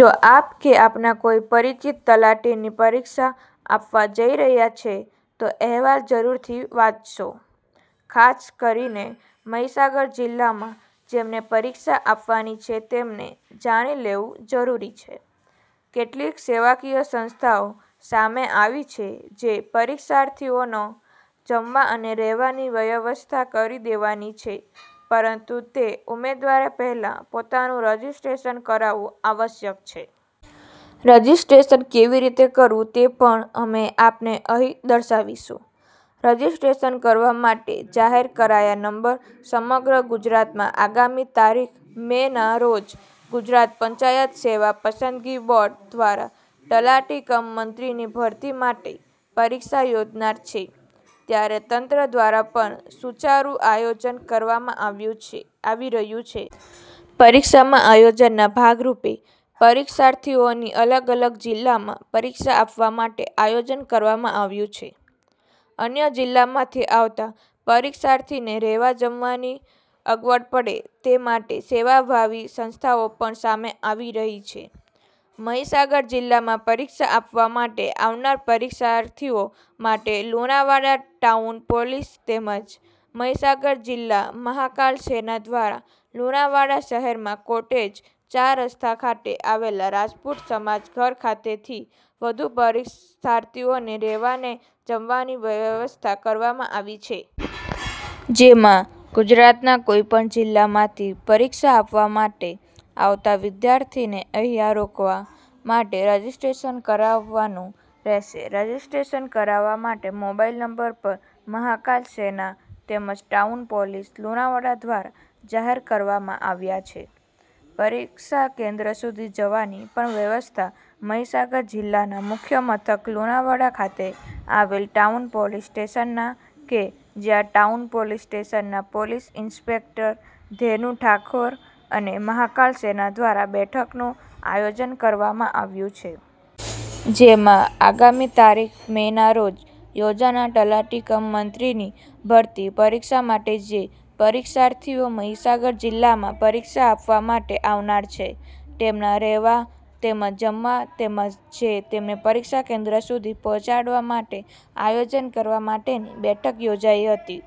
જો આપ કે આપના કોઈ પરિચિત તલાટીની પરીક્ષા આપવા જઈ રહ્યા છે તોઅહેવાલ જરૂરથી વાંચશો. ખાસ કરીને મહીસાગર જિલ્લામાં જેમને પરીક્ષા આપવાની છે તેમને જાણી લેવું જરૂરી છે. કેટલીક સેવાકીય સંસ્થાઓ સામે આવી છે જે પરીક્ષાર્થીઓના જમવા અને રહેવાની વ્યવસ્થા કરી દેવાની છે પરંતુ તે ઉમેદવારે પહેલા પોતાનું રજીસ્ટ્રેશન કરાવવું આવશ્યક છે. રજીસ્ટ્રેશન કેવી રીતે કરવું તે પણ અમે આપને અહીં દર્શાવીશું. રજીસ્ટ્રેશન કરવા માટે જાહેર કરાયા નંબર સમગ્ર ગુજરાતમાં આગામી તારીખ મે ના રોજ ગુજરાત પંચાયત સેવા પસંદગી બોર્ડ દ્વારા તલાટી કમ મંત્રીની ભરતી માટે પરીક્ષા યોજાનાર છે, ત્યારે તંત્ર દ્વારા પણ સુચારું આયોજન કરવામાં આવી રહ્યું છે. પરીક્ષામાં આયોજનના ભાગરૂપે પરીક્ષાર્થીઓની અલગ અલગ જિલ્લામાં પરીક્ષા આપવા માટે આયોજન કરવામાં આવ્યું છે. અન્ય જિલ્લામાંથી આવતા પરીક્ષાર્થીને રહેવા જમવાની અગવડપડે તે માટે સેવાભાવિ સંસ્થાઓ પણ સામે આવી રહી છે. મહીસાગર જિલ્લામાં પરીક્ષા આપવા માટે આવનાર પરીક્ષાર્થીઓ માટે લુણાવાડા ટાઉન પોલીસ તેમજ મહીસાગર જિલ્લા મહાકાલ સેના દ્વારા લુણાવાડા શહેરમાં કોટેજ ચાર રસ્તા ખાતે આવેલા રાજપૂત સમાજ ઘર ખાતે થી વધુ પરીક્ષાર્થીઓને રહેવાને જમવાની વ્યવસ્થા કરવામાં આવી છે. જેમાં ગુજરાતના કોઈપણ જિલ્લામાંથી પરીક્ષા આપવા માટે આવતા પરીક્ષાર્થીને અહીંયા રોકાવા માટે રજીસ્ટ્રેશન કરાવવાનું રહેશે રજીસ્ટ્રેશન કરાવવા માટે મોબાઈલ નંબર પણ મહાકાલ સેના તેમજ ટાઉન પોલીસ લુણાવાડા દ્વારા જાહેર કરવામાં આવ્યા છે. પરીક્ષા કેન્દ્ર સુધી જવાની પણ વ્યવસ્થા મહીસાગર જિલ્લાના મુખ્ય મથક લુણાવાડા ખાતે આવેલ ટાઉન પોલીસ સ્ટેશનના કે જ્યાં ટાઉન પોલીસ સ્ટેશનના પોલીસ ઇન્સ્પેક્ટર ધેનુ ઠાકર અને મહાકાલ સેના દ્વારા બેઠકનું આયોજન કરવામાં આવ્યું છે. જેમાં આગામી તારીખ મે ના રોજ યોજાના તલાટી ક્રમમંત્રીની ભરતી પરીક્ષા માટે જે પરીક્ષાર્થીઓ મહીસાગર જિલ્લામાં પરીક્ષા આપવા માટે આવનાર છે. તેમના રહેવા તેમજ જમવા તેમજ જે તેમને પરીક્ષા કેન્દ્ર સુધી પહોંચાડવા માટે આયોજન કરવા માટેની બેઠક યોજાઇ હતી.